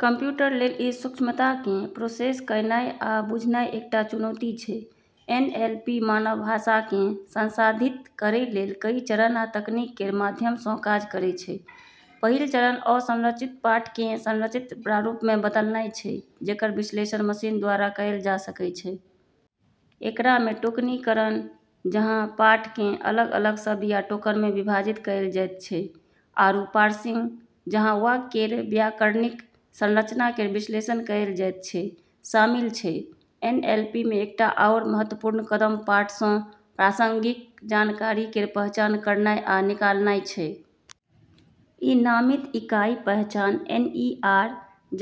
Computer लेल ई सूक्ष्मता केँ प्रोसेस कयनाय आ बुझनाय एक टा चुनौती छै। एन एल पी मानव भाषा केँ संसाधित करै लेल कई चरण आ तकनीक केर माध्यम सँ काज करै छै। पहिल चरण असंरचित पाठ केँ संरचित प्रारूप मे बदलनाय छै जेकर विश्लेषण मशीन द्वारा कएल जा सकै छै। एकरा मे टोकनीकरण, जहाँ पाठ केँ अलग-अलग शब्द या टोकन मे विभाजित कएल जाइत छै, आरू पार्सिंग, जहाँ वाक्य केर व्याकरणिक संरचना केर विश्लेषण कएल जाइत छै, शामिल छै। एनएलपी मे एकटा आओर महत्वपूर्ण कदम पाठ सँ प्रासंगिक जानकारी केर पहचान करनाय आ निकालनाय छै। ई नामित इकाई पहचान (एनईआर)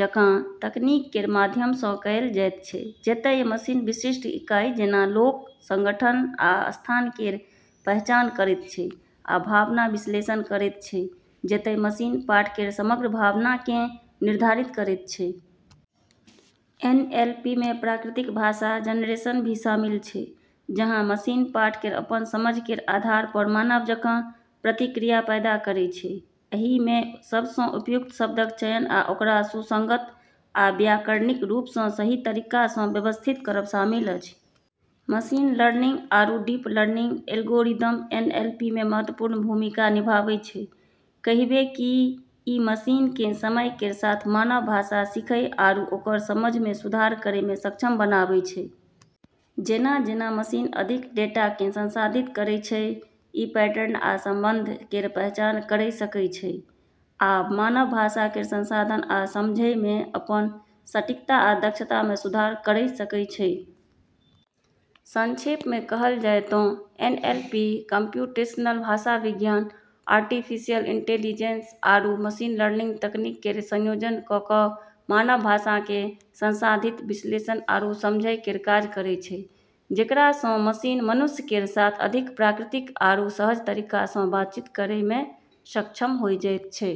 जकाँ तकनीक केर माध्यम सँ कएल जाइत छै, जतय मशीन विशिष्ट इकाई जेंना लोक, संगठन, आ स्थान केर पहचान करैत छै, आ भावना विश्लेषण करैत छै, जतय मशीन पाठ केर समग्र भावना केँ निर्धारित करैत छै। एनएलपी मे प्राकृतिक भाषा जनरेशन भी शामिल छै, जहाँ मशीन पाठ केर अपन समझ केर आधार पर मानव जकाँ प्रतिक्रिया पैदा करै छै। एहि मे सबसँ उपयुक्त शब्दक चयन आ ओकरा सुसंगत आ व्याकरणिक रूप सँ सही तरीका सँ व्यवस्थित करब शामिल अछि। मशीन लर्निंग आरू डीप लर्निंग एल्गोरिदम एनएलपी मे महत्वपूर्ण भूमिका निभाबै छै, कहिबे कि ई मशीन केँ समय केर साथ मानव भाषा सीखै आरू ओकर समझ मे सुधार करै मे सक्षम बनाबै छै। जेना-जेना मशीन अधिक डेटा केँ संसाधित करै छै, ई पैटर्न आ संबंध केर पहचान करै सकै छै, आ मानव भाषा केर संसाधन आ समझै मे अपन सटीकता आ दक्षता मे सुधार करै सकै छै। संक्षेप मे कहल जाय तँ एनएलपी कम्प्यूटेशनल भाषाविज्ञान, आर्टिफिशियल इंटेलिजेंस, आरू मशीन लर्निंग तकनीक केर संयोजन कऽ कऽ मानव भाषा केँ संसाधित, विश्लेषण आरू समझै केर काज करै छै, जेकरा सँ मशीन मनुष्य केर साथ अधिक प्राकृतिक आरू सहज तरीका सँ बातचीत करै मे सक्षम होय जाइत छै।